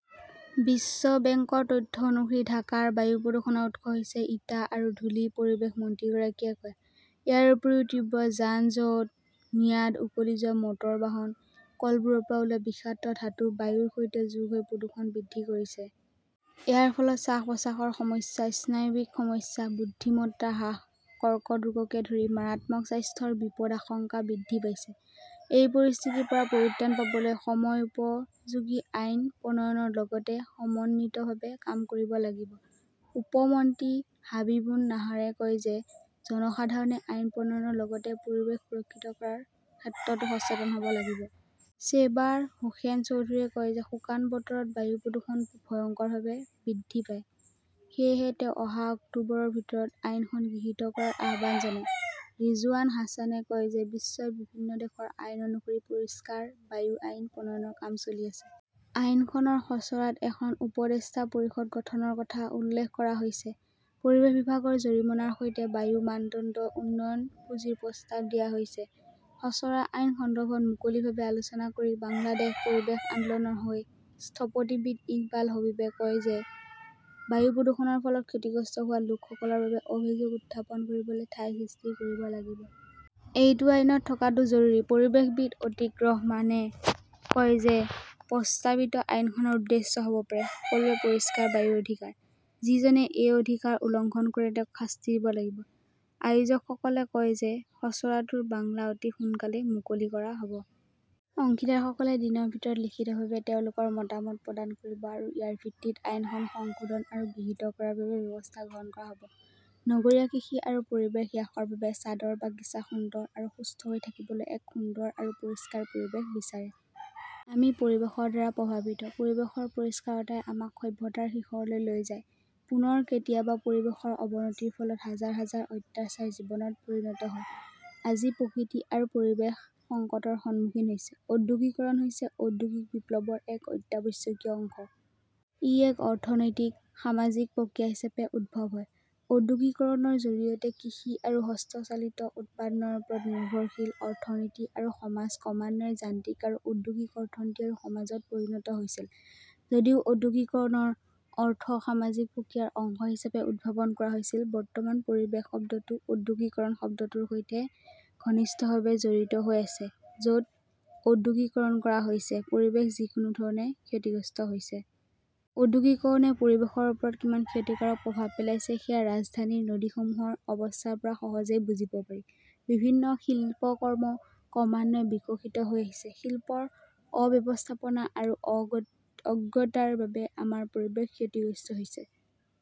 বিশ্ব বেংকৰ তথ্য অনুসৰি ঢাকাৰ বায়ু প্ৰদূষণৰ উৎস হৈছে ইটা আৰু ধূলি, পৰিৱেশ মন্ত্ৰীগৰাকীয়ে কয়। ইয়াৰ উপৰিও তীব্ৰ যান-জঁট, ম্যাদ উকলি যোৱা মটৰ বাহন, কলবোৰৰ পৰা ওলোৱা বিষাক্ত ধাতু বায়ুৰ সৈতে যোগ হৈ প্ৰদূষণ বৃদ্ধি কৰিছে। ইয়াৰ ফলত শ্বাস-প্ৰশ্বাসৰ সমস্যা, স্নায়ৱিক সমস্যা, বুদ্ধিমত্তা হ্ৰাস, কৰ্কট ৰোগকে ধৰি মাৰাত্মক স্বাস্থ্যৰ বিপদাশংকা বৃদ্ধি পাইছে। এই পৰিস্থিতিৰ পৰা পৰিত্ৰাণ পাবলৈ সময়োপযোগী আইন প্ৰণয়নৰ লগতে সমন্বিতভাৱে কাম কৰিব লাগিব। উপ মন্ত্ৰী হাবিবুন নাহৰে কয় যে, জনসাধাৰণে আইন প্ৰণয়নৰ লগতে পৰিৱেশ সুৰক্ষিত কৰাৰ ক্ষেত্ৰতো সচেতন হ'ব লাগিব। শ্বেবাৰ হোসেন চৌধুৰীয়ে কয় যে শুকান বতৰত বায়ু প্ৰদূষণ ভয়ংকৰভাৱে বৃদ্ধি পায়। সেয়েহে তেওঁ অহা অক্টোবৰৰ ভিতৰত আইনখন গৃহীত কৰাৰ আহ্বান জনায়। ৰিজৱানা হাছানে কয় যে, বিশ্বৰ বিভিন্ন দেশৰ আইন অনুসৰি পৰিষ্কাৰ বায়ু আইন প্ৰণয়নৰ কাম চলি আছে। আইনখনৰ খচৰাত এখন 'উপদেষ্টা পৰিষদ' গঠনৰ কথা উল্লেখ কৰা হৈছে। পৰিৱেশ বিভাগৰ জৰিমনাৰ সৈতে বায়ু মানদণ্ড উন্নয়ন পুঁজিৰ প্ৰস্তাৱ দিয়া হৈছে। খচৰা আইন সন্দৰ্ভত মুকলিভাৱে আলোচনা কৰি বাংলাদেশ পৰিৱেশ আন্দোলনৰ হৈ স্থপতিবিদ ইকবাল হবীবে কয় যে, বায়ু প্ৰদূষণৰ ফলত ক্ষতিগ্ৰস্ত হোৱা লোকসকলৰ বাবে অভিযোগ উত্থাপন কৰিবলৈ ঠাই সৃষ্টি কৰিব লাগিব। এইটো আইনত থকাটো জৰুৰী। পৰিৱেশবিদ অতীক ৰহমানে কয় যে, প্ৰস্তাৱিত আইনখনৰ উদ্দেশ্য হ'ব পাৰে, সকলোৰে পৰিষ্কাৰ বায়ুৰ অধিকাৰ। যিজনে এই অধিকাৰ উলংঘন কৰে তেওঁক শাস্তি দিব লাগিব। আয়োজকসকলে কয় যে, খচৰাটোৰ বাংলা অতি সোনকালেই মুকলি কৰা হ'ব। অংশীদাৰসকলে দিনৰ ভিতৰত লিখিতভাৱে তেওঁলোকৰ মতামত প্ৰদান কৰিব আৰু ইয়াৰ ভিত্তিত আইনখন সংশোধন আৰু গৃহীত কৰাৰ বাবে ব্যৱস্থা গ্ৰহণ কৰা হ 'ব। নগৰীয়া কৃষি আৰু পৰিৱেশ হ্ৰাসৰ বাবে ছাদৰ বাগিচা সুন্দৰ আৰু সুস্থ হৈ থাকিবলৈ এক সুন্দৰ আৰু পৰিষ্কাৰ পৰিৱেশ বিচাৰে। আমি পৰিৱেশৰ দ্বাৰা প্ৰভাৱিত। পৰিৱেশৰ পৰিষ্কাৰতাই আমাক সভ্যতাৰ শিখৰলৈ লৈ যায়। পুনৰ কেতিয়াবা পৰিৱেশৰ অৱনতিৰ ফলত হাজাৰ হাজাৰ অত্যাচাৰ জীৱনত পৰিণত হয়। আজি প্ৰকৃতি আৰু পৰিৱেশ সংকটৰ সন্মুখীন হৈছে। ঔদ্যোগিকৰণ হৈছে ঔদ্যোগিক বিপ্লৱৰ এক অত্যাৱশ্যকীয় অংশ। ই এক অৰ্থনৈতিক, সামাজিক প্ৰক্ৰিয়া হিচাপে উদ্ভৱ হয়। ঔদ্যোগিকৰণৰ জৰিয়তে কৃষি আৰু হস্তচালিত উৎপাদনৰ ওপৰত নিৰ্ভৰশীল অৰ্থনীতি আৰু সমাজ ক্ৰমান্বয়ে যান্ত্ৰিক আৰু ঔদ্যোগিক অৰ্থনীতি আৰু সমাজত পৰিণত হৈছিল। যদিও ঔদ্যোগিকীকৰণ অৰ্থ-সামাজিক প্ৰক্ৰিয়াৰ অংশ হিচাপে উদ্ভাৱন কৰা হৈছিল, বৰ্তমান পৰিৱেশ শব্দটো ঔদ্যোগিকৰণ শব্দটোৰ সৈতে ঘনিষ্ঠভাৱে জড়িত হৈ আছে, য 'ত ঔদ্যোগিকৰণ কৰা হৈছে, পৰিৱেশ যিকোনো ধৰণে ক্ষতিগ্ৰস্ত হৈছে। ঔদ্যোগিকৰণে পৰিৱেশৰ ওপৰত কিমান ক্ষতিকাৰক প্ৰভাৱ পেলাইছে সেয়া ৰাজধানীৰ নদীসমূহৰ অৱস্থাৰ পৰা সহজেই বুজিব পাৰি। বিভিন্ন শিল্পকৰ্ম ক্ৰমান্বয়ে বিকশিত হৈ আহিছে। শিল্পৰ অব্যৱস্থাপনা আৰু অজ্ঞ অজ্ঞতাৰ বাবে আমাৰ পৰিৱেশ ক্ষতিগ্ৰস্ত হৈছে।